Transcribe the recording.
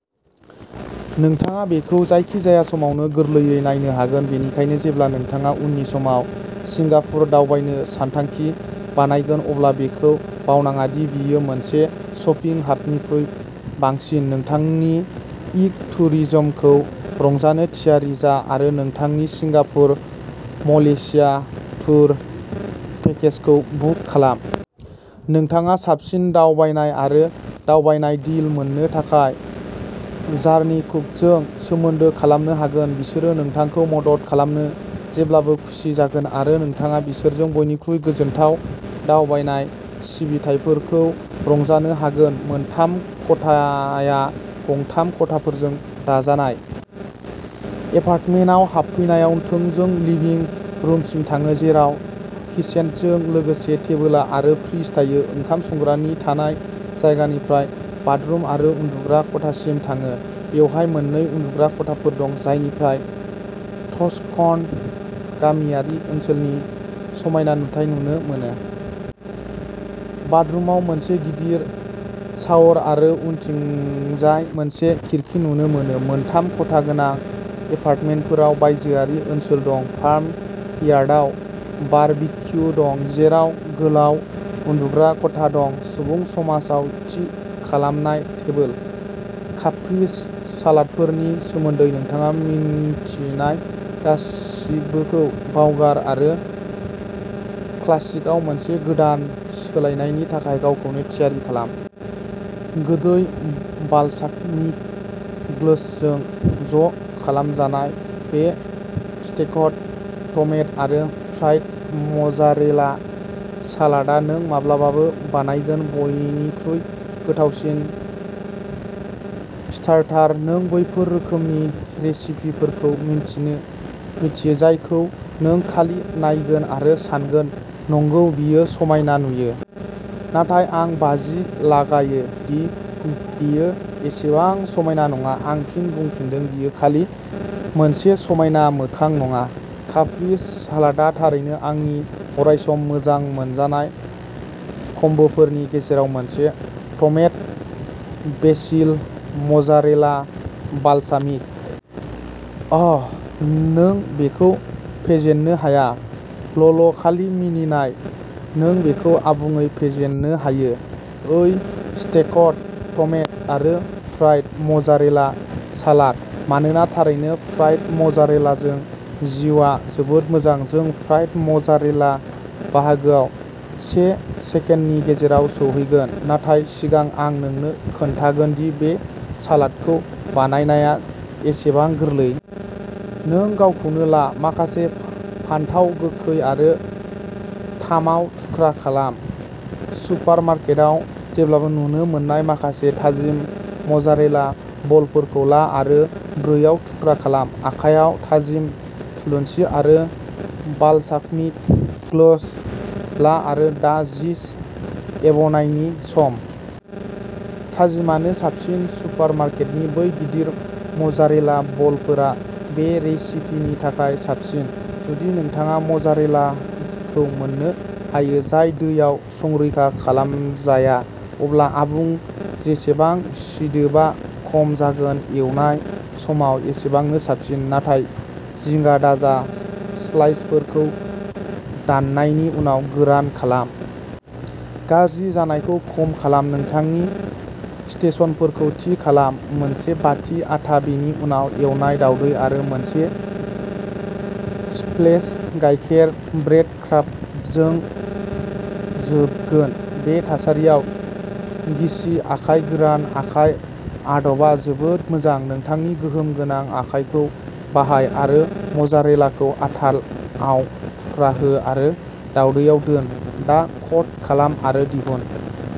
नोंथाङा बेखौ जायखिजाया समावनो गोरलैयै नायनो हागोन। बेनिखायनो जेब्ला नोंथाङा उननि समाव सिंगापुर दावबायनो सानथांखि बानायगोन, अब्ला बेखौ बावनाङा दि बेयो मोनसे शपिं हाबनिख्रुइ बांसिन। नोंथांनि इक' टुरिजमखौ रंजानो थियारि जा आरो नोंथांनि सिंगापुर मलेशिया टुर पेकेजखौ बुक खालाम। नोंथाङा साबसिन दावबायनाय आरो दावबायनाय डिल मोननो थाखाय जार्नीकुकजों सोमोन्दो खालामनो हागोन। बिसोरो नोंथांखौ मदद खालामनो जेब्लाबो खुसि जागोन आरो नोंथाङा बिसोरजों बयनिख्रुइ गोजोनथाव दावबायनाय सिबिथाइफोरखौ रंजानो हागोन। मोनथाम खथाया गंथाम खथाफोरजों दाजानाय। एपार्टमेन्टआव हाबफैनायाव थोंजों लिभिं रुमसिम थाङो जेराव किचेनजों लोगोसे टेबोल आरो फ्रिज थायो। ओंखाम संग्रानि थानाय जायगानिफ्राय बाथरुम आरो उन्दुग्रा खथासिम थाङो। बेवहाय मोन्नै उन्दुग्रा खथाफोर दं जायनिफ्राय टस्कन गामियारि ओनसोलनि समायना नुथाय नुनो मोनो। बाथरुमाव मोनसे गिदिर शावर आरो उनथिंजाय मोनसे खिरखि नुनो मोनो। मोनथाम खथा गोनां एपार्टमेन्टफोराव बायजोआरि ओनसोल दं, फार्म यार्डआव बारबिक्यु दं जेराव गोलाव उन्दुग्रा खथा दं। सुबुं समाजाव थि खालामनाय टेबोल। काप्रीस सालादफोरनि सोमोन्दै नोंथाङा मिन्थिनाय गासिबोखौ बावगार आरो क्लासिकआव मोनसे गोदान सोलायनायनि थाखाय गावखौनो थियारि खालाम। गोदै बालसामिक ग्लोजजों ज' खालामजानाय, बे स्टेकड टमेट' आरो फ्राइड मजारेला सालादआ नों माब्लाबाबो बानायगोन बयनिख्रुइ गोथावसिन स्टार्टार! नों बैफोर रोखोमनि रेसिपिफोरखौ मिन्थिनो मिन्थियो जायखौ नों खालि नायगोन आरो सानगोन नंगौ, बेयो समायना नुयो। नाथाय आं बाजि लागायो दि बेयो एसेबां समायना नङा'। आं फिन बुंफिनदों, बेयो खालि मोनसे समायना मोखां नङा। काप्रीस सालादआ थारैनो आंनि अरायसम मोजां मोनजानाय कम्बोफोरनि गेजेराव मोनसे। Tomato ', basil, mozzarella, balsamic. आह। नों बेखौ फेजेननो हाया। ल'ल खालि मिनिनाय, नों बेखौ आबुङै फेजेननो हायो। ओइ, स्टेकड टमेट' आरो फ्राइड मजारेला सालाद! मानोना थारैनो, फ्राइड मजारेलाजों जिउआ जोबोद मोजां। जों फ्रायड मजारेला बाहागोआव से सेकेन्डनि गेजेराव सौहैगोन, नाथाय सिगां आं नोंनो खोन्थागोन दि बे सालादखौ बानायनाया बेसेबां गोरलै। नों गावखौनो ला। माखासे फानथाव गोखै आरो थामआव थुख्रा खालाम। सुपारमार्केटआव जेब्लाबो नुनो मोननाय माखासे थाजिम मजारेला बलफोरखौ ला आरो ब्रैआव थुख्रा खालाम। आखायाव थाजिम थुलुनसि आरो बालसामिक ग्लोज ला आरो दा चिज एवनायनि सम! थाजिमानो साबसिन सुपारमार्केटनि बै गिदिर मजारेला बलफोरा बे रेसिपिनि थाखाय साबसिन। जुदि नोंथाङा मजारेलाखौ मोननो हायो जाय दैयाव संरैखा खालामजाया, अब्ला आबुं। जेसेबां सिदोबआ खम जागोन, एवनाय समाव एसेबांनो साबसिन। नाथाय जिंगा दाजा, स्लाइसफोरखौ दाननायनि उनाव गोरान खालाम! गाज्रि जानायखौ खम खालाम नोंथांनि स्टेशनफोरखौ थि खालामः मोनसे बाटि आटा, बेनि उनाव एवनाय दावदै आरो मोनसे स्प्लेश गायखेर, ब्रेडक्राम्बजों जोबगोन। बे थासारियाव गिसि आखाय गोरान आखाय आदबआ जोबोद मोजां। नोंथांनि गोहोम गोनां आखायखौ बाहाय आरो मजारेलाखौ आटा आव थुख्रा हो आरो दावदैआव दोन। दा क'ट खालाम आरो दिहुन।